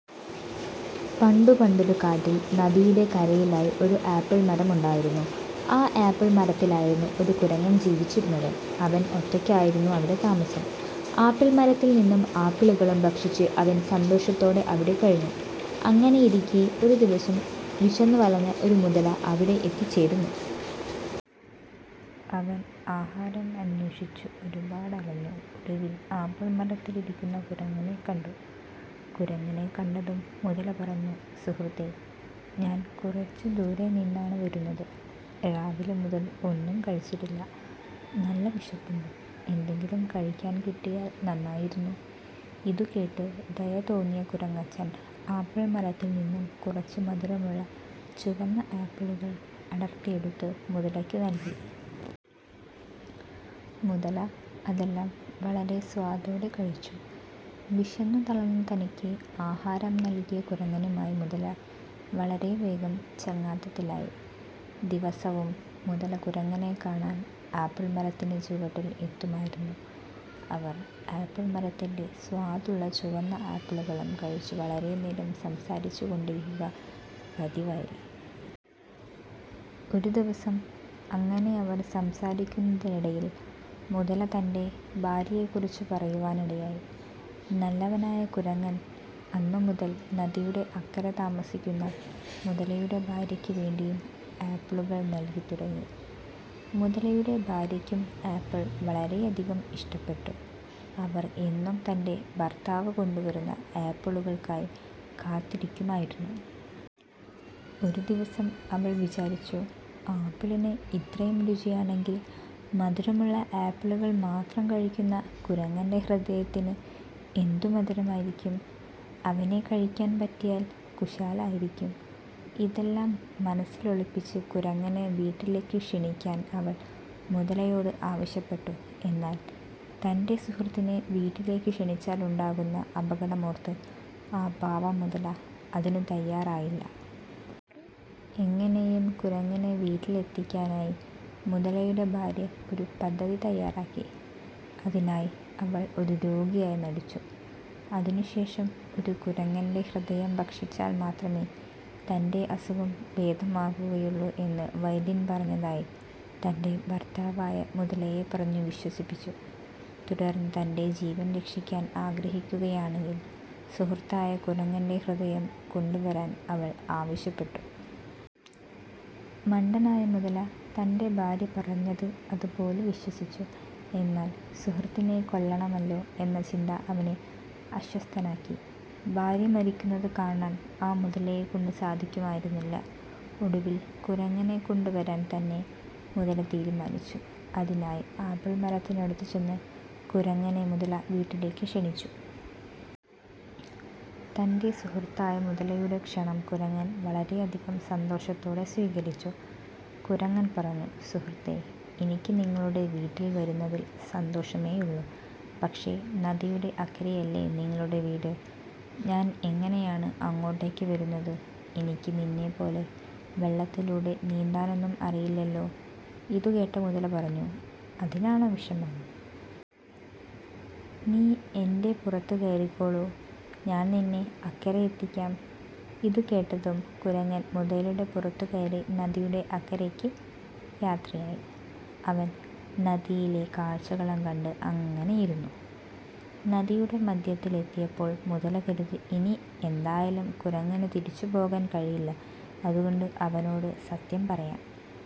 പണ്ടു പണ്ടൊരു കാട്ടിൽ നദിയുടെ കരയിലായി ഒരു ആപ്പിൾ മരം ഉണ്ടായിരുന്നു. ആ ആപ്പിൾ മരത്തിലായിരുന്നു ഒരു കുരങ്ങൻ ജീവിച്ചിരുന്നത്. അവൻ ഒറ്റയ്ക്കായിരുന്നു അവിടെ താമസം. ആപ്പിൾ മരത്തിൽ നിന്നും ആപ്പിളുകളും ഭക്ഷിച്ച് അവൻ സന്തോഷത്തോടെ അവിടെ കഴിഞ്ഞു. അങ്ങനെയിരിക്കെ ഒരു ദിവസം വിശന്നു വലഞ്ഞ ഒരു മുതല അവിടെ എത്തിച്ചേർന്നു. അവൻ ആഹാരം അന്വേഷിച്ചു ഒരുപാട് അലഞ്ഞു. ഒടുവിൽ ആപ്പിൾ മരത്തിലിരിക്കുന്ന കുരങ്ങനെ കണ്ടു. കുരങ്ങനെ കണ്ടതും മുതല പറഞ്ഞു "സുഹൃത്തേ, ഞാൻ കുറച്ചു ദൂരെ നിന്നാണ് വരുന്നത്. രാവിലെ മുതൽ ഒന്നും കഴിച്ചിട്ടില്ല. നല്ല വിശപ്പുണ്ട് എന്തെങ്കിലും കഴിക്കാൻ കിട്ടിയാൽ നന്നായിരുന്നു. " ഇതു കേട്ട് ദയ തോന്നിയ കുരങ്ങൻ ആപ്പിൾ മരത്തിൽ നിന്നും കുറച്ച് മധുരമുള്ള ചുവന്ന ആപ്പിളുകൾ അടർത്തിയെടുത്തു മുതലയ്ക്കു നൽകി. മുതല അതെല്ലാം വളരെ സ്വാദോടെ കഴിച്ചു. വിശന്നു തളർന്ന തനിക്ക് ആഹാരം നൽകിയ കുരങ്ങനുമായി മുതല വളരെ വേഗം ചങ്ങാത്തത്തിലായി. ദിവസവും മുതല കുരങ്ങനെ കാണാൻ ആപ്പിൾ മരത്തിന്റെ ചുവട്ടിൽ എത്തുമായിരുന്നു. അവർ ആപ്പിൾ മരത്തിലെ സ്വാദുള്ള ചുവന്ന ആപ്പിളുകളും കഴിച്ചു വളരെ നേരം സംസാരിച്ചു കൊണ്ടിരിക്കുക പതിവായി. ഒരു ദിവസം അങ്ങനെ അവർ സംസാരിക്കുന്നതിനിടയിൽ മുതല തന്റെ ഭാര്യയെക്കുറിച്ചു പറയുവാനിടയായി. നല്ലവനായ കുരങ്ങൻ അന്നു മുതൽ നദിയുടെ അക്കരെ താമസിക്കുന്ന മുതലയുടെ ഭാര്യയ്ക്കു വേണ്ടിയും ആപ്പിളുകൾ നൽകി തുടങ്ങി. മുതലയുടെ ഭാര്യയ്ക്കും ആപ്പിൾ വളരെയധികം ഇഷ്ടപ്പെട്ടു. അവൾ എന്നും തന്റെ ഭർത്താവ് കൊണ്ടു വരുന്ന ആപ്പിളുകൾക്കായി കാത്തിരിക്കുമായിരുന്നു. ഒരു ദിവസം അവൾ വിചാരിച്ചു "ആപ്പിളിന് ഇത്രയും രുചിയാണെങ്കിൽ മധുരമുള്ള ആപ്പിളുകൾ മാത്രം കഴിക്കുന്ന കുരങ്ങന്റെ ഹൃദയത്തിന് എന്തു മധുരമായിരിക്കും? അവനെ കഴിക്കാൻ പറ്റിയാൽ കുശാലായിരിക്കും". ഇതെല്ലാം മനസ്സിലൊളിപ്പിച്ച് കുരങ്ങനെ വീട്ടിലേക്ക് ക്ഷണിക്കാൻ അവൾ മുതലയോട് ആവശ്യപ്പെട്ടു. എന്നാൽ തന്റെ സുഹൃത്തിനെ വീട്ടിലേക്കു ക്ഷണിച്ചാൽ ഉണ്ടാകാവുന്ന അപകടം ഓർത്ത് ആ പാവം മുതല അതിനു തയ്യാറായില്ല. എങ്ങനെയും കുരങ്ങനെ വീട്ടിൽ എത്തിക്കാനായി മുതലയുടെ ഭാര്യ ഒരു പദ്ധതി തയ്യാറാക്കി. അതിനായി അവൾ ഒരു രോഗിയായി നടിച്ചു. അതിനു ശേഷം ഒരു കുരങ്ങന്റെ ഹൃദയം ഭക്ഷിച്ചാൽ മാത്രമേ തന്റെ അസുഖം ഭേദമാകുകയുള്ളൂ എന്ന് വൈദ്യൻ പറഞ്ഞതായി തന്റെ ഭർത്താവായ മുതലയെ പറഞ്ഞു വിശ്വസിപ്പിച്ചു. തുടർന്ന് തന്റെ ജീവൻ രക്ഷിക്കാൻ ആഗ്രഹിക്കുകയാണെങ്കിൽ സുഹൃത്തായ കുരങ്ങന്റെ ഹൃദയം കൊണ്ടുവരാൻ അവൾ ആവശ്യപ്പെട്ടു. മണ്ടനായ മുതല തന്റെ ഭാര്യ പറഞ്ഞത് അതുപോലെ വിശ്വസിച്ചു. എന്നാൽ സുഹൃത്തിനെ കൊല്ലണമല്ലോ എന്ന ചിന്ത അവനെ അസ്വസ്ഥനാക്കി. ഭാര്യ മരിക്കുന്നത് കാണാൻ ആ മുതലയെ കൊണ്ട് സാധിക്കുമായിരുന്നില്ല. ഒടുവിൽ കുരങ്ങനെ കൊണ്ടു വരാൻ തന്നെ മുതല തീരുമാനിച്ചു. അതിനായി ആപ്പിൾ മരത്തിനടുത്തു ചെന്ന് കുരങ്ങനെ മുതല വീട്ടിലേക്ക് ക്ഷണിച്ചു. തന്റെ സുഹൃത്തായ മുതലയുടെ ക്ഷണം കുരങ്ങൻ വളരെയധികം സന്തോഷത്തോടെ സ്വീകരിച്ചു. കുരങ്ങൻ പറഞ്ഞു "സുഹൃത്തേ, എനിക്ക് നിങ്ങളുടെ വീട്ടിൽ വരുന്നതിൽ സന്തോഷമേയുള്ളൂ. പക്ഷേ നദിയുടെ അക്കരെയല്ലേ നിങ്ങളുടെ വീട്. ഞാൻ എങ്ങനെയാണ് അങ്ങോട്ടേക്ക് വരുന്നത്? എനിക്ക് നിന്നെ പോലെ വെള്ളത്തിലൂടെ നീന്താനൊന്നും അറിയില്ലല്ലോ? " ഇതു കേട്ട മുതല പറഞ്ഞു "അതിനാണോ വിഷമം. നീ എന്റെ പുറത്തു കയറിക്കോളൂ. ഞാൻ നിന്നെ അക്കരെ എത്തിക്കാം. " ഇതു കേട്ടതും കുരങ്ങൻ മുതലയുടെ പുറത്തു കയറി നദിയുടെ അക്കരേയ്ക്ക് യാത്രയായി. അവൻ നദിയിലെ കാഴ്ചകളും കണ്ടു അങ്ങനെ ഇരുന്നു. നദിയുടെ മധ്യത്തിൽ എത്തിയപ്പോൾ മുതല കരുതി "ഇനി എന്തായാലും കുരങ്ങനു തിരിച്ചു പോകാൻ കഴിയില്ല. അതുകൊണ്ട് അവനോടു സത്യം പറയാം. "